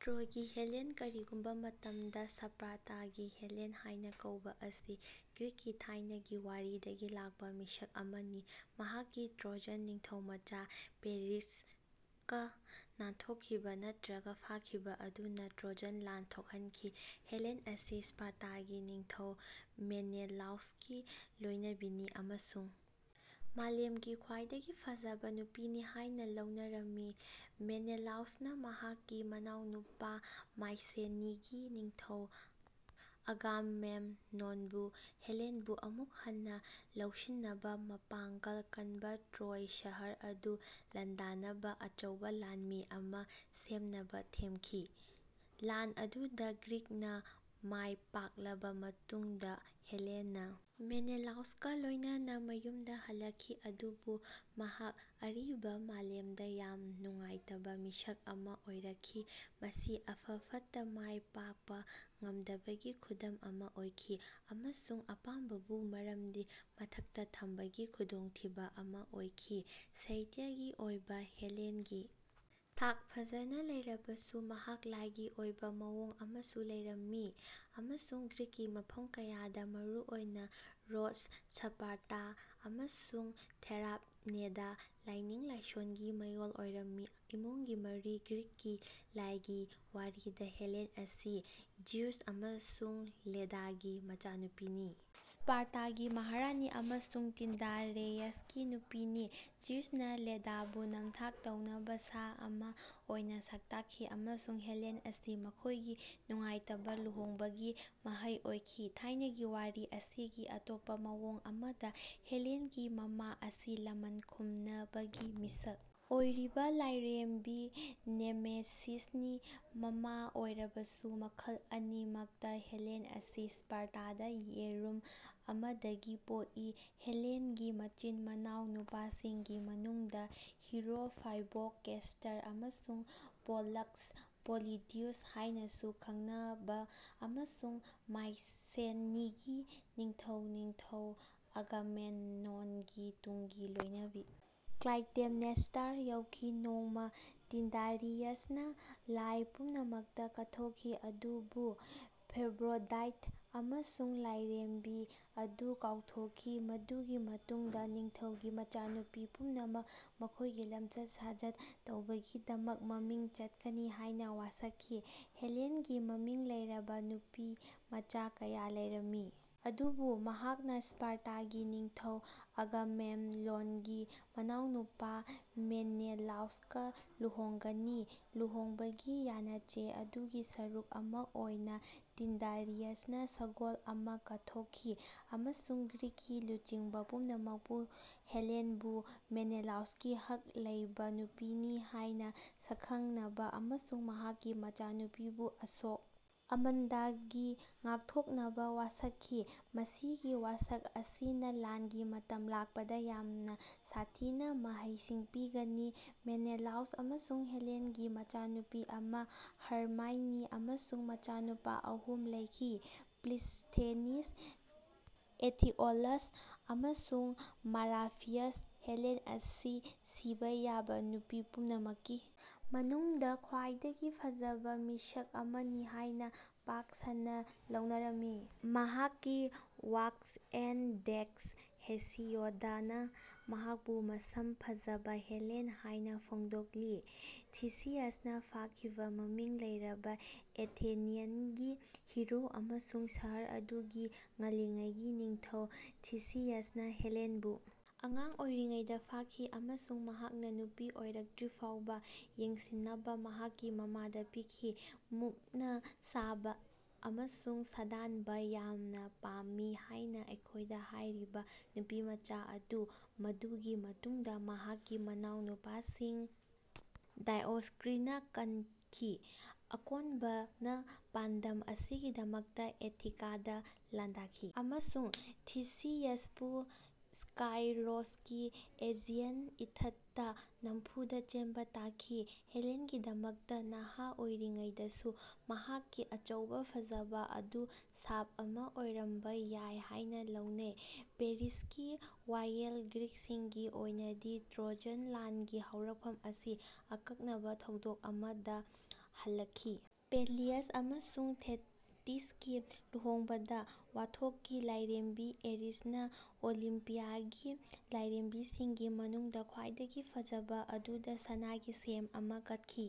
ꯇ꯭ꯔꯣꯏꯒꯤ Helen ꯀꯔꯤꯒꯨꯝꯕ ꯃꯇꯝꯗ ꯁ꯭ꯄꯥꯔꯇꯥꯒꯤ Helen ꯍꯥꯏꯅ ꯀꯧꯕ ꯑꯁꯤ ꯒ꯭ꯔꯤꯛꯀꯤ ꯊꯥꯏꯅꯒꯤ ꯋꯥꯔꯤꯗꯒꯤ ꯂꯥꯛꯄ ꯃꯤꯁꯛ ꯑꯃꯅꯤ ꯃꯍꯥꯛꯀꯤ ꯇ꯭ꯔꯣꯖꯟ ꯅꯤꯡꯊꯧꯃꯆꯥ ꯄꯦꯔꯤꯁꯀ ꯅꯥꯟꯊꯣꯛꯈꯤꯕ ꯅꯠꯇ꯭ꯔꯒ ꯐꯥꯈꯤꯕ ꯑꯗꯨꯅ ꯇ꯭ꯔꯣꯖꯟ ꯂꯥꯟ ꯊꯣꯛꯍꯟꯈꯤ꯫ ꯍꯦꯂꯦꯟ ꯑꯁꯤ ꯁ꯭ꯄꯥꯔꯇꯥꯒꯤ ꯅꯤꯡꯊꯧ ꯃꯦꯅꯦꯂꯥꯎꯁꯀꯤ ꯂꯣꯏꯅꯕꯤꯅꯤ ꯑꯃꯁꯨꯡ ꯃꯥꯂꯦꯝꯒꯤ ꯈ꯭ꯋꯥꯏꯗꯒꯤ ꯐꯖꯕ ꯅꯨꯄꯤꯅꯤ ꯍꯥꯏꯅ ꯂꯧꯅꯔꯝꯃꯤ꯫ ꯃꯦꯅꯦꯂꯥꯎꯁꯅ ꯃꯍꯥꯛꯀꯤ ꯃꯅꯥꯎꯅꯨꯄꯥ ꯃꯥꯏꯁꯦꯅꯤꯒꯤ ꯅꯤꯡꯊꯧ ꯑꯒꯥꯃꯦꯝꯅꯣꯟꯕꯨ ꯍꯦꯂꯦꯟꯕꯨ ꯑꯃꯨꯛ ꯍꯟꯅ ꯂꯧꯁꯤꯟꯅꯕ ꯃꯄꯥꯡꯒꯜ ꯀꯟꯕ ꯇ꯭ꯔꯣꯏ ꯁꯍꯔ ꯑꯗꯨ ꯂꯥꯟꯗꯥꯅꯕ ꯑꯆꯧꯕ ꯂꯥꯟꯃꯤ ꯑꯃ ꯁꯦꯝꯅꯕ ꯊꯦꯝꯈꯤ꯫ ꯂꯥꯟ ꯑꯗꯨꯗ ꯒ꯭ꯔꯤꯛꯅ ꯃꯥꯏꯄꯥꯛꯂꯕ ꯃꯇꯨꯡꯗ ꯍꯦꯂꯦꯟꯅ ꯃꯦꯅꯦꯂꯥꯎꯁꯀ ꯂꯣꯏꯅꯅ ꯃꯌꯨꯝꯗ ꯍꯜꯂꯛꯈꯤ ꯑꯗꯨꯕꯨ ꯃꯍꯥꯛ ꯑꯔꯤꯕ ꯃꯥꯂꯦꯝꯗ ꯌꯥꯝꯅ ꯅꯨꯡꯉꯥꯏꯇꯕ ꯃꯤꯁꯛ ꯑꯃ ꯑꯣꯏꯔꯛꯈꯤ ꯃꯁꯤ ꯑꯐ ꯐꯠꯇ ꯃꯥꯏ ꯄꯥꯛꯄ ꯉꯝꯗꯕꯒꯤ ꯈꯨꯗꯝ ꯑꯃ ꯑꯣꯏꯈꯤ ꯑꯃꯁꯨꯡ ꯑꯄꯥꯝꯕꯕꯨ ꯃꯔꯝꯒꯤ ꯃꯊꯛꯇ ꯊꯝꯕꯒꯤ ꯈꯨꯗꯣꯡꯊꯤꯕ ꯑꯃ ꯑꯣꯏꯈꯤ꯫ ꯁꯥꯍꯤꯇ꯭ꯌꯒꯤ ꯑꯣꯏꯕ ꯍꯦꯂꯦꯟꯒꯤ ꯊꯥꯛ ꯐꯖꯅ ꯂꯩꯔꯕꯁꯨ ꯃꯍꯥꯛ ꯂꯥꯏꯒꯤ ꯑꯣꯏꯕ ꯃꯑꯣꯡ ꯑꯃꯁꯨ ꯂꯩꯔꯝꯃꯤ ꯑꯃꯁꯨꯡ ꯒ꯭ꯔꯤꯛꯀꯤ ꯃꯐꯝ ꯀꯌꯥꯗ ꯃꯔꯨꯑꯣꯏꯅ ꯔꯣꯗꯁ ꯁ꯭ꯄꯥꯔꯇꯥ ꯑꯃꯁꯨꯡ ꯊꯦꯔꯥꯞꯅꯦꯗ ꯂꯥꯏꯅꯤꯡ ꯂꯥꯏꯁꯣꯜꯒꯤ ꯃꯌꯣꯜ ꯑꯣꯏꯔꯝꯃꯤ꯫ ꯏꯃꯨꯡꯒꯤ ꯃꯔꯤ ꯒ꯭ꯔꯤꯛꯀꯤ ꯂꯥꯏꯒꯤ ꯋꯥꯔꯤꯗ ꯍꯦꯂꯦꯟ ꯑꯁꯤ ꯖ꯭ꯌꯨꯁ ꯑꯃꯁꯨꯡ ꯂꯦꯗꯥꯒꯤ ꯃꯆꯥꯅꯨꯄꯤꯅꯤ ꯁ꯭ꯄꯥꯔꯇꯥꯒꯤ ꯃꯍꯥꯔꯥꯅꯤ ꯑꯃꯁꯨꯡ ꯇꯤꯟꯗꯥꯔꯦꯌꯁꯀꯤ ꯅꯨꯄꯤꯅꯤ꯫ ꯖꯤꯎꯁꯅ ꯂꯦꯗꯥꯕꯨ ꯅꯝꯊꯥꯛ ꯇꯧꯅꯕ ꯁꯥ ꯑꯃ ꯑꯣꯏꯅ ꯁꯛꯇꯥꯛꯈꯤ ꯑꯃꯁꯨꯡ ꯍꯦꯂꯦꯟ ꯑꯁꯤ ꯃꯈꯣꯏꯒꯤ ꯅꯨꯡꯉꯥꯏꯇꯕ ꯂꯨꯍꯣꯡꯕꯒꯤ ꯃꯍꯩ ꯑꯣꯏꯈꯤ꯫ ꯊꯥꯏꯅꯒꯤ ꯋꯥꯔꯤ ꯑꯁꯤꯒꯤ ꯑꯇꯣꯞꯄ ꯃꯑꯣꯡ ꯑꯃꯗ ꯍꯦꯂꯦꯟꯒꯤ ꯃꯃꯥ ꯑꯁꯤ ꯂꯃꯟ ꯈꯨꯝꯅꯕꯒꯤ ꯃꯤꯁꯛ ꯑꯣꯏꯔꯤꯕ ꯂꯥꯏꯔꯦꯝꯕꯤ ꯅꯦꯃꯦꯁꯤꯁꯅꯤ꯫ ꯃꯃꯥ ꯑꯣꯏꯔꯕꯁꯨ ꯃꯈꯜ ꯑꯅꯤꯃꯛꯇ ꯍꯦꯂꯦꯟ ꯑꯁꯤ ꯁ꯭ꯄꯥꯔꯇꯥꯗ ꯌꯦꯔꯨꯝ ꯑꯃꯗꯒꯤ ꯄꯣꯛꯏ꯫ ꯍꯦꯂꯦꯟꯒꯤ ꯃꯆꯤꯟ ꯃꯅꯥꯎ ꯅꯨꯄꯥꯁꯤꯡꯒꯤ ꯃꯅꯨꯡꯗ ꯍꯤꯔꯣ ꯐꯥꯏꯕꯣꯛ ꯀꯦꯁ꯭ꯇꯔ ꯑꯃꯁꯨꯡ ꯄꯣꯂꯛꯁ ꯄꯣꯂꯤꯗ꯭ꯌꯨꯁ ꯍꯥꯏꯅꯁꯨ ꯈꯪꯅꯕ ꯑꯃꯁꯨꯡ ꯃꯥꯏꯁꯦꯅꯤꯒꯤ ꯅꯤꯡꯊꯧ ꯅꯤꯡꯊꯧ ꯑꯒꯥꯃꯦꯝꯅꯣꯟꯒꯤ ꯇꯨꯡꯒꯤ ꯂꯣꯏꯅꯕꯤ ꯀ꯭ꯂꯥꯏꯇꯦꯝꯅꯦꯁ꯭ꯇ꯭ꯔꯥ ꯌꯥꯎꯈꯤ꯫ ꯅꯣꯡꯃ ꯇꯤꯟꯗꯥꯔꯤꯌꯁꯅ ꯂꯥꯏ ꯄꯨꯝꯅꯃꯛꯇ ꯀꯠꯊꯣꯛꯈꯤ ꯑꯗꯨꯕꯨ ꯐꯦꯕ꯭ꯔꯣꯗꯥꯏꯠ ꯑꯃꯁꯨꯡ ꯂꯥꯏꯔꯦꯝꯕꯤ ꯑꯗꯨ ꯀꯥꯎꯊꯣꯛꯈꯤ ꯃꯗꯨꯒꯤ ꯃꯇꯨꯡꯗ ꯅꯤꯡꯊꯧꯒꯤ ꯃꯆꯥꯅꯨꯄꯤ ꯄꯨꯝꯅꯃꯛ ꯃꯈꯣꯏꯒꯤ ꯂꯝꯆꯠ ꯁꯥꯖꯠ ꯇꯧꯕꯒꯤꯗꯃꯛ ꯃꯃꯤꯡ ꯆꯠꯀꯅꯤ ꯍꯥꯏꯅ ꯋꯥꯁꯛꯈꯤ꯫ ꯍꯦꯂꯦꯟꯒꯤ ꯃꯃꯤꯡ ꯂꯩꯔꯕ ꯅꯨꯄꯤ ꯃꯆꯥ ꯀꯌꯥ ꯂꯩꯔꯝꯃꯤ ꯑꯗꯨꯕꯨ ꯃꯍꯥꯛꯅ ꯁ꯭ꯄꯥꯔꯇꯥꯒꯤ ꯅꯤꯡꯊꯧ ꯑꯒꯥꯃꯦꯝꯅꯣꯟꯒꯤ ꯃꯅꯥꯎꯅꯨꯄꯥ ꯃꯦꯅꯦꯂꯥꯎꯁꯀ ꯂꯨꯍꯣꯡꯒꯅꯤ꯫ ꯂꯨꯍꯣꯡꯕꯒꯤ ꯌꯥꯅꯆꯦ ꯑꯗꯨꯒꯤ ꯁꯔꯨꯛ ꯑꯃ ꯑꯣꯏꯅ ꯇꯤꯟꯗꯥꯔꯤꯌꯁꯅ ꯁꯒꯣꯜ ꯑꯃ ꯀꯠꯊꯣꯛꯈꯤ ꯑꯃꯁꯨꯡ ꯒ꯭ꯔꯤꯛꯀꯤ ꯂꯨꯆꯤꯡꯕ ꯄꯨꯝꯅꯃꯛꯄꯨ ꯍꯦꯂꯦꯟꯕꯨ ꯃꯦꯅꯦꯂꯥꯎꯁꯀꯤ ꯍꯛ ꯂꯩꯕ ꯅꯨꯄꯤꯅꯤ ꯍꯥꯏꯅ ꯁꯛꯈꯪꯅꯕ ꯑꯃꯁꯨꯡ ꯃꯍꯥꯛꯀꯤ ꯃꯆꯥꯅꯨꯄꯤꯕꯨ ꯑꯁꯣꯛ ꯑꯃꯟꯗꯒꯤ ꯉꯥꯛꯊꯣꯛꯅꯕ ꯋꯥꯁꯛꯈꯤ꯫ ꯃꯁꯤꯒꯤ ꯋꯥꯁꯛ ꯑꯁꯤꯅ ꯂꯥꯟꯒꯤ ꯃꯇꯝ ꯂꯥꯛꯄꯗ ꯌꯥꯝꯅ ꯁꯥꯊꯤꯅ ꯃꯍꯩꯁꯤꯡ ꯄꯤꯒꯅꯤ꯫ ꯃꯦꯅꯦꯂꯥꯎꯁ ꯑꯃꯁꯨꯡ ꯍꯦꯂꯦꯟꯒꯤ ꯃꯆꯥꯅꯨꯄꯤ ꯑꯃ, ꯍꯔꯃꯥꯏꯅꯤ ꯑꯃꯁꯨꯡ ꯃꯆꯥꯅꯨꯄꯥ ꯑꯍꯨꯝ ꯂꯩꯈꯤ ꯄ꯭ꯂꯤꯁꯊꯦꯅꯤꯁ ꯑꯦꯊꯤꯑꯣꯂꯥꯁ ꯑꯃꯁꯨꯡ ꯃꯔꯥꯐꯤꯌꯁ꯫ ꯍꯦꯂꯦꯟ ꯑꯁꯤ ꯁꯤꯕ ꯌꯥꯕ ꯅꯨꯄꯤ ꯄꯨꯝꯅꯃꯛꯀꯤ ꯃꯅꯨꯡꯗ ꯈ꯭ꯋꯥꯏꯗꯒꯤ ꯐꯖꯕ ꯃꯤꯁꯛ ꯑꯃꯅꯤ ꯍꯥꯏꯅ ꯄꯥꯛ ꯁꯟꯅ ꯂꯧꯅꯔꯝꯃꯤ꯫ ꯃꯍꯥꯛꯀꯤ ꯋꯥꯔ꯭ꯛꯁ ꯑꯦꯟꯗ ꯗꯦꯁꯇ ꯍꯦꯁꯤꯌꯣꯗꯅ ꯃꯍꯥꯛꯄꯨ ꯃꯁꯝ ꯐꯖꯕ ꯍꯦꯂꯦꯟ ꯍꯥꯏꯅ ꯐꯣꯡꯗꯣꯛꯂꯤ꯫ ꯊꯤꯁꯤꯌꯁꯅ ꯐꯥꯈꯤꯕ ꯃꯃꯤꯡ ꯂꯩꯔꯕ ꯑꯦꯊꯦꯅꯤꯌꯟꯒꯤ ꯍꯤꯔꯣ ꯑꯃꯁꯨꯡ ꯁꯍꯔ ꯑꯗꯨꯒꯤ ꯉꯜꯂꯤꯉꯩꯒꯤ ꯅꯤꯡꯊꯧ ꯊꯤꯁꯤꯌꯁꯅ ꯍꯦꯂꯦꯟꯕꯨ ꯑꯉꯥꯡ ꯑꯣꯏꯔꯤꯉꯩꯗ ꯐꯥꯈꯤ ꯑꯃꯁꯨꯡ ꯃꯍꯥꯛꯅ ꯅꯨꯄꯤ ꯑꯣꯏꯔꯛꯇ꯭ꯔꯤꯐꯥꯎꯕ ꯌꯦꯡꯁꯤꯟꯅꯕ ꯃꯍꯥꯛꯀꯤ ꯃꯃꯥꯗ ꯄꯤꯈꯤ꯫ ꯃꯨꯛꯅ ꯁꯥꯕ ꯑꯃꯁꯨꯡ ꯁꯥꯗꯥꯟꯕ ꯌꯥꯝꯅ ꯄꯥꯝꯃꯤ ꯍꯥꯏꯅ ꯑꯩꯈꯣꯏꯗ ꯍꯥꯏꯔꯤꯕ ꯅꯨꯄꯤꯃꯆꯥ ꯑꯗꯨ ꯃꯗꯨꯒꯤ ꯃꯇꯨꯡꯗ ꯃꯍꯥꯛꯀꯤ ꯃꯅꯥꯎꯅꯨꯄꯥꯁꯤꯡ ꯗꯥꯏꯑꯣꯁ꯭ꯀꯨꯔꯤꯅ ꯀꯟꯈꯤ꯫ ꯑꯀꯣꯟꯕꯅ ꯄꯥꯟꯗꯝ ꯑꯁꯤꯒꯤꯗꯃꯛꯇ ꯑꯦꯊꯤꯀꯥꯗ ꯂꯥꯟꯗꯥꯈꯤ ꯑꯃꯁꯨꯡ ꯊꯤꯁꯤꯌꯁꯄꯨ ꯁ꯭ꯀꯥꯏꯔꯣꯁꯀꯤ ꯑꯦꯖꯤꯌꯟ ꯏꯊꯠꯇ ꯅꯝꯐꯨꯗ ꯆꯦꯟꯕ ꯇꯥꯈꯤ꯫ ꯍꯦꯂꯦꯟꯒꯤꯗꯃꯛꯇ ꯅꯍꯥ ꯑꯣꯏꯔꯤꯉꯩꯗꯁꯨ ꯃꯍꯥꯛꯀꯤ ꯑꯆꯧꯕ ꯐꯖꯕ ꯑꯗꯨ ꯁꯥꯞ ꯑꯃ ꯑꯣꯏꯔꯝꯕ ꯌꯥꯏ ꯍꯥꯏꯅ ꯂꯧꯅꯩ꯫ ꯄꯦꯔꯤꯁꯀꯤ ꯋꯥꯌꯦꯜ ꯒ꯭ꯔꯤꯛꯁꯤꯡꯒꯤ ꯑꯣꯏꯅꯗꯤ ꯇ꯭ꯔꯣꯖꯟ ꯂꯥꯟꯒꯤ ꯍꯧꯔꯛꯐꯝ ꯑꯁꯤ ꯑꯀꯛꯅꯕ ꯊꯧꯗꯣꯛ ꯑꯃꯗ ꯍꯜꯂꯛꯈꯤ꯫ ꯄꯦꯂꯤꯌꯁ ꯑꯃꯁꯨꯡ ꯊꯦꯇꯤꯁꯀꯤ ꯂꯨꯍꯣꯡꯕꯗ ꯋꯥꯊꯣꯛꯀꯤ ꯂꯥꯏꯔꯦꯝꯕꯤ ꯑꯦꯔꯤꯁꯅ ꯑꯣꯂꯤꯝꯄꯤꯌꯥꯒꯤ ꯂꯥꯏꯔꯦꯝꯕꯤꯁꯤꯡꯒꯤ ꯃꯅꯨꯡꯗ ꯈ꯭ꯋꯥꯏꯗꯒꯤ ꯐꯖꯕ ꯑꯗꯨꯗ ꯁꯅꯥꯒꯤ ꯁꯦꯝ ꯑꯃ ꯀꯠꯈꯤ꯫